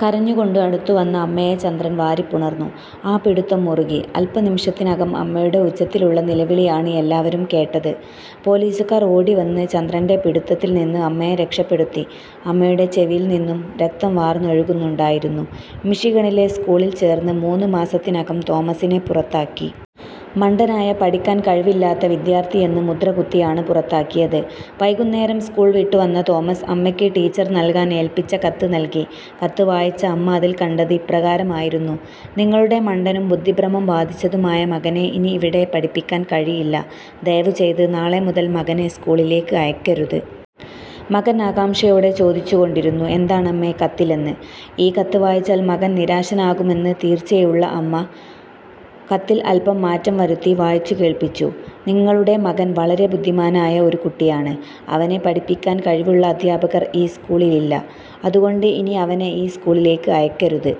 കരഞ്ഞുകൊണ്ട് അടുത്തുവന്ന അമ്മയെ ചന്ദ്രൻ വാരിപ്പുണർന്നു. ആ പിടുത്തം മുറുകി. അല്പനിമിഷത്തിനകം അമ്മയുടെ ഉച്ചത്തിലുള്ള നിലവിളിയാണ് എല്ലാവരും കേട്ടത്. പോലീസുകാർ ഓടിവന്ന് ചന്ദ്രൻ്റെ പിടുത്തത്തിൽ നിന്ന് അമ്മയെ രക്ഷപ്പെടുത്തി. അമ്മയുടെ ചെവിയിൽ നിന്നും രക്തം വാർന്നൊഴുകുന്നുണ്ടായിരുന്നു. മിഷിഗണിലെ സ്കൂളിൽ ചേർന്ന് മൂന്ന് മാസത്തിനകം തോമസിനെ പുറത്താക്കി. മണ്ടനായ, പഠിക്കാൻ കഴിവില്ലാത്ത വിദ്യാർത്ഥിയെന്ന് മുദ്രകുത്തിയാണ് പുറത്താക്കിയത്. വൈകുന്നേരം സ്കൂൾ വിട്ടു വന്ന തോമസ്, അമ്മയ്ക്ക് ടീച്ചർ നൽകാൻ ഏൽപ്പിച്ച കത്ത് നൽകി. കത്ത് വായിച്ച അമ്മ അതിൽ കണ്ടത് ഇപ്രകാരമായിരുന്നു: നിങ്ങളുടെ മണ്ടനും ബുദ്ധിഭ്രമം ബാധിച്ചതുമായ മകനെ ഇനി ഇവിടെ പഠിപ്പിക്കാൻ കഴിയില്ല. ദയവു ചെയ്ത് നാളെ മുതൽ മകനെ സ്കൂളിലേക്ക് അയക്കരുത്. മകൻ ആകാംക്ഷയോടെ ചോദിച്ചുകൊണ്ടിരുന്നു, എന്താണമ്മേ കത്തിലെന്ന്. ഈ കത്ത് വായിച്ചാൽ മകൻ നിരാശനാകുമെന്ന് തീർച്ചയുള്ള അമ്മ കത്തിൽ അൽപ്പം മാറ്റം വരുത്തി വായിച്ചു കേൾപ്പിച്ചു: നിങ്ങളുടെ മകൻ വളരെ ബുദ്ധിമാനായ ഒരു കുട്ടിയാണ്. അവനെ പഠിപ്പിക്കാൻ കഴിവുള്ള അധ്യാപകർ ഈ സ്കൂളിലില്ല. അതുകൊണ്ട് ഇനി അവനെ ഈ സ്കൂളിലേക്ക് അയക്കരുത്.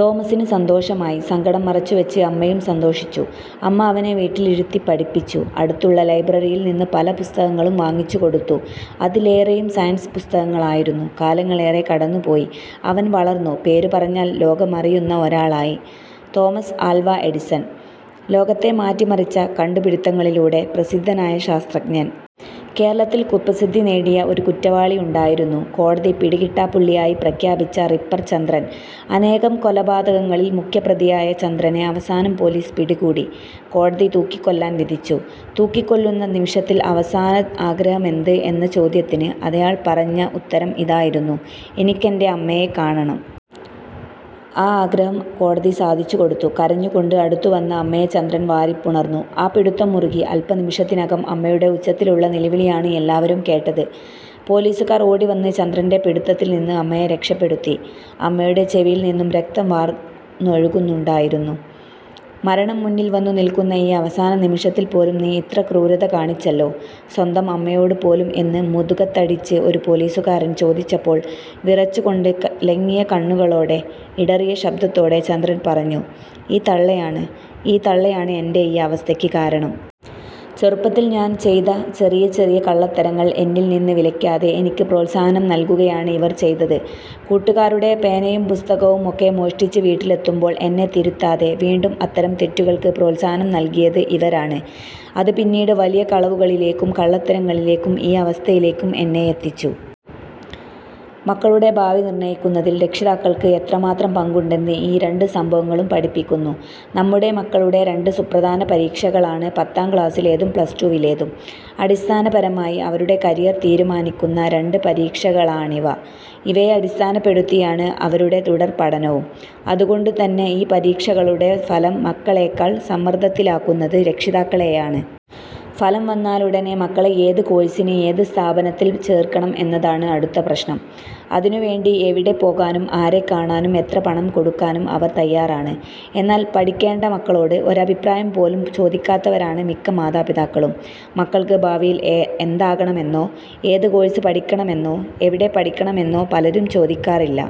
തോമസിന് സന്തോഷമായി. സങ്കടം മറച്ചുവെച്ച് അമ്മയും സന്തോഷിച്ചു. അമ്മ അവനെ വീട്ടിലിരുത്തി പഠിപ്പിച്ചു. അടുത്തുള്ള ലൈബ്രറിയിൽ നിന്ന് പല പുസ്തകങ്ങളും വാങ്ങിച്ചുകൊടുത്തു. അതിലേറെയും സയൻസ് പുസ്തകങ്ങളായിരുന്നു. കാലങ്ങളേറെ കടന്നുപോയി, അവൻ വളർന്നു. പേരു പറഞ്ഞാൽ ലോകമറിയുന്ന ഒരാളായി. Thomas Alva Edison. ലോകത്തെ മാറ്റിമറിച്ച കണ്ടുപിടുത്തങ്ങളിലൂടെ പ്രസിദ്ധനായ ശാസ്ത്രജ്ഞൻ. കേരളത്തിൽ കുപ്രസിദ്ധി നേടിയ ഒരു കുറ്റവാളിയുണ്ടായിരുന്നു. കോടതി പിടികിട്ടാപ്പുള്ളിയായി പ്രഖ്യാപിച്ച റിപ്പർ ചന്ദ്രൻ. അനേകം കൊലപാതകങ്ങളിൽ മുഖ്യപ്രതിയായ ചന്ദ്രനെ അവസാനം പോലീസ് പിടികൂടി. കോടതി തൂക്കിക്കൊല്ലാൻ വിധിച്ചു. തൂക്കിക്കൊല്ലുന്ന നിമിഷത്തിൽ അവസാന ആഗ്രഹമെന്ത് എന്ന ചോദ്യത്തിന് അയാൾ പറഞ്ഞ ഉത്തരം ഇതായിരുന്നു: എനിക്കെൻ്റെ അമ്മയെ കാണണം. ആ ആഗ്രഹം കോടതി സാധിച്ചുകൊടുത്തു. കരഞ്ഞുകൊണ്ട് അടുത്തുവന്ന അമ്മയെ ചന്ദ്രൻ വാരിപ്പുണർന്നു. ആ പിടുത്തം മുറുകി. അല്പനിമിഷത്തിനകം അമ്മയുടെ ഉച്ചത്തിലുള്ള നിലവിളിയാണ് എല്ലാവരും കേട്ടത്. പോലീസുകാർ ഓടിവന്ന് ചന്ദ്രൻ്റെ പിടുത്തത്തിൽ നിന്ന് അമ്മയെ രക്ഷപ്പെടുത്തി. അമ്മയുടെ ചെവിയിൽ നിന്നും രക്തം വാർന്നൊഴുകുന്നുണ്ടായിരുന്നു. മരണം മുന്നിൽ വന്നു നിൽക്കുന്ന ഈ അവസാന നിമിഷത്തിൽ പോലും നീ ഇത്ര ക്രൂരത കാണിച്ചല്ലോ, സ്വന്തം അമ്മയോട് പോലും എന്ന് മുതുകത്തിടിച്ച് ഒരു പോലീസുകാരൻ ചോദിച്ചപ്പോൾ, വിറച്ചുകൊണ്ട് കലങ്ങിയ കണ്ണുകളോടെ, ഇടറിയ ശബ്ദത്തോടെ ചന്ദ്രൻ പറഞ്ഞു: ഈ തള്ളയാണ്, ഈ തള്ളയാണ് എൻ്റെ ഈ അവസ്ഥയ്ക്ക് കാരണം. ചെറുപ്പത്തിൽ ഞാൻ ചെയ്ത ചെറിയ ചെറിയ കള്ളത്തരങ്ങൾ എന്നിൽ നിന്ന് വിലക്കാതെ എനിക്ക് പ്രോത്സാഹനം നൽകുകയാണ് ഇവർ ചെയ്തത്. കൂട്ടുകാരുടെ പേനയും പുസ്തകവുമൊക്കെ മോഷ്ടിച്ച് വീട്ടിലെത്തുമ്പോൾ എന്നെ തിരുത്താതെ വീണ്ടും അത്തരം തെറ്റുകൾക്ക് പ്രോത്സാഹനം നൽകിയത് ഇവരാണ്. അത് പിന്നീട് വലിയ കളവുകളിലേക്കും കള്ളത്തരങ്ങളിലേക്കും ഈ അവസ്ഥയിലേക്കും എന്നെ എത്തിച്ചു. മക്കളുടെ ഭാവി നിർണ്ണയിക്കുന്നതിൽ രക്ഷിതാക്കൾക്ക് എത്രമാത്രം പങ്കുണ്ടെന്ന് ഈ രണ്ട് സംഭവങ്ങളും പഠിപ്പിക്കുന്നു. നമ്മുടെ മക്കളുടെ രണ്ട് സുപ്രധാന പരീക്ഷകളാണ് പത്താം ക്ലാസ്സിലേതും പ്ലസ് ടുവിലേതും. അടിസ്ഥാനപരമായി അവരുടെ കരിയർ തീരുമാനിക്കുന്ന രണ്ട് പരീക്ഷകളാണിവ. ഇവയെ അടിസ്ഥാനപ്പെടുത്തിയാണ് അവരുടെ തുടർപഠനവും. അതുകൊണ്ടുതന്നെ ഈ പരീക്ഷകളുടെ ഫലം മക്കളെക്കാൾ സമ്മർദ്ദത്തിലാക്കുന്നത് രക്ഷിതാക്കളെയാണ്. ഫലം വന്നാലുടനെ മക്കളെ ഏത് കോഴ്സിന്, ഏത് സ്ഥാപനത്തിൽ ചേർക്കണം എന്നതാണ് അടുത്ത പ്രശ്നം. അതിനുവേണ്ടി എവിടെ പോകാനും, ആരെ കാണാനും, എത്ര പണം കൊടുക്കാനും അവർ തയ്യാറാണ്. എന്നാൽ പഠിക്കേണ്ട മക്കളോട് ഒരഭിപ്രായം പോലും ചോദിക്കാത്തവരാണ് മിക്ക മാതാപിതാക്കളും. മക്കൾക്ക് ഭാവിയിൽ എന്താകണമെന്നോ, ഏത് കോഴ്സ് പഠിക്കണമെന്നോ, എവിടെ പഠിക്കണമെന്നോ പലരും ചോദിക്കാറില്ല.